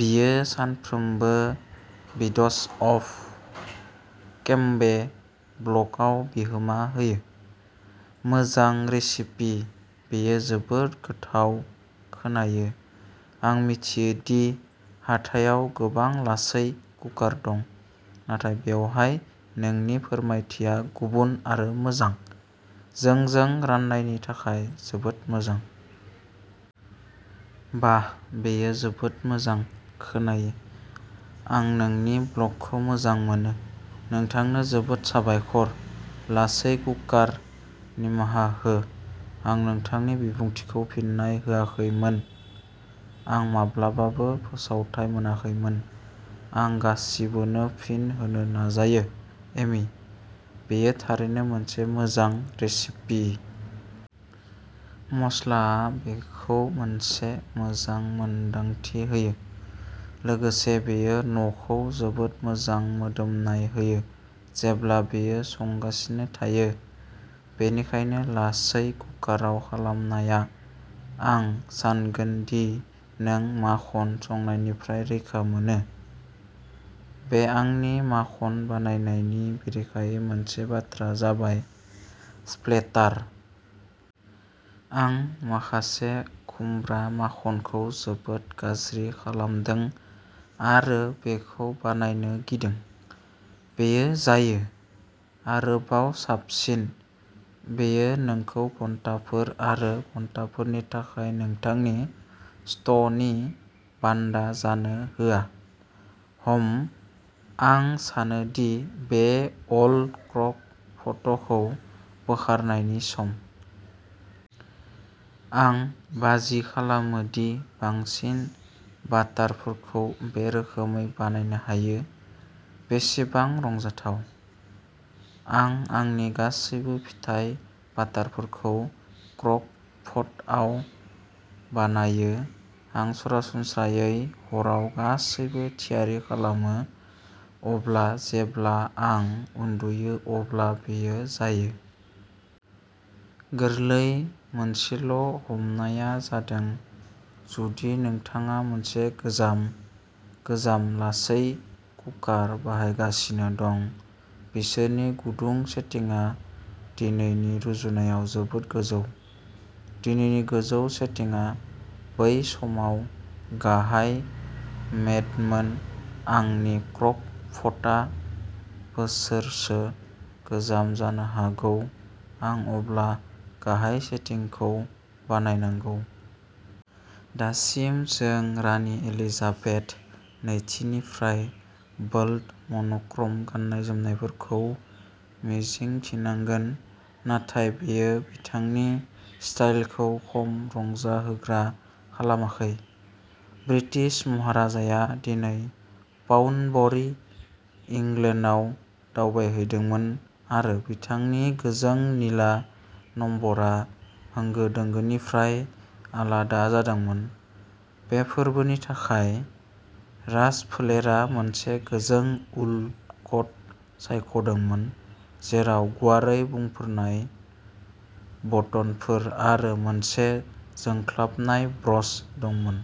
बियो सानफ्रोमबो beads of केम्बे ब्लगआव बिहोमा होयो। मोजां रेसिपि! बेयो जोबोद गोथाव खोनायो। आं मिथियो दि हाथायाव गोबां लासै कुकार दं, नाथाय बेवहाय नोंनि फोरमायथिया गुबुन आरो मोजां। जोंजों राननायनि थाखाय जोबोद मोजां! बाह, बेयो जोबोद मोजां खोनायो! आं नोंनि ब्लगखौ मोजां मोनो! नोंथांनो जोबोद साबायखर! लासै कुकार, निमाहा हो, आं नोंथांनि बिबुंथिखौ फिननाय होआखैमोन, आं माब्लाबाबो फोसावथाइ मोनाखैमोन! आं गासिबोनो फिन होनो नाजायो!: एमी, बेयो थारैनो मोनसे मोजां रेसिपि!! मस्लाआ बेखौ मोनसे मोजां मोनदांथि होयो, लोगोसे बेयो न'खौ जोबोद मोजां मोदोमनाय होयो जेब्ला बेयो संगासिनो थायो! बेनिखायनो लासै कुकाराव खालामनाया-आं सानगोन दि नों माखन संनायनिफ्राय रैखा मोनो? बे आंनि माखन बानायनायनि बेरेखायै मोनसे बाथ्रा जाबाय स्प्लेटार। आं माखासे खुमब्रा माखनखौ जोबोद गाज्रि खामदों आरो बेखौ बानायनो गिदों। बेयो जायो! आरोबाव साबसिन! बेयो नोंखौ घन्टाफोर आरो घन्टाफोरनि थाखाय नोंथांनि स्ट'वनि बान्दा जानो होआ!!! हम्म, आं सानो दि बे'अल क्र'क पट'खौ बोखारनायनि सम! आं बाजि खालामो दि बांसिन बाटारफोरखौ बे रोखोमै बानायनो हायो। बेसेबां रंजाथाव!!!! आं आंनि गासैबो फिथाइ बाटारफोरखौ क्र'क पटआव बानायो! आं सरासनस्रायै हराव गासैबो थियारि खालामो, अब्ला जेब्ला आं उन्दुयो अब्ला बेयो जायो! गोरलै! मोनसेल'हमनाया जादों जुदि नोंथाङा मोनसे गोजाम/गोजाम लासै कुकार बाहायगासिनो दं। बिसोरनि गुदुं सेटिंआ दिनैनि रुजुनायाव जोबोद गोजौ। दिनैनि गोजौ सेटिंआ बै समाव गाहाय-मेडमोन! आंनि क्र'क पटआ बोसोरसो गोजाम-जानो हागौ आं अब्ला गाहाय सेटिंखौ बाहायनांगौ? दासिम जों रानि एलिजाबेथ नैथिनिफ्राय बोल्ड मन'क्र'म गाननाय-जोमनायफोरखौ मिजिंथिनांगोन, नाथाय बेयो बिथांनि स्टाइलखौ खम रंजाहोग्रा खालामाखै। ब्रिटिश महाराजाया दिनै पाउन्डबरी, इंलेन्डआव दावबायहैदोंमोन, आरो बिथांनि गोजों निला नम्बरआ होंगो-दोंगोनिफ्राय आलादा जादोंमोन। बे फोरबोनि थाखाय, राजफोलेरा मोनसे गोजों उल कट सायख'दोंमोन जेराव गुवारै बुंफोरनाय बटनफोर आरो मोनसे जोंख्लाबनाय ब्र'च दंमोन।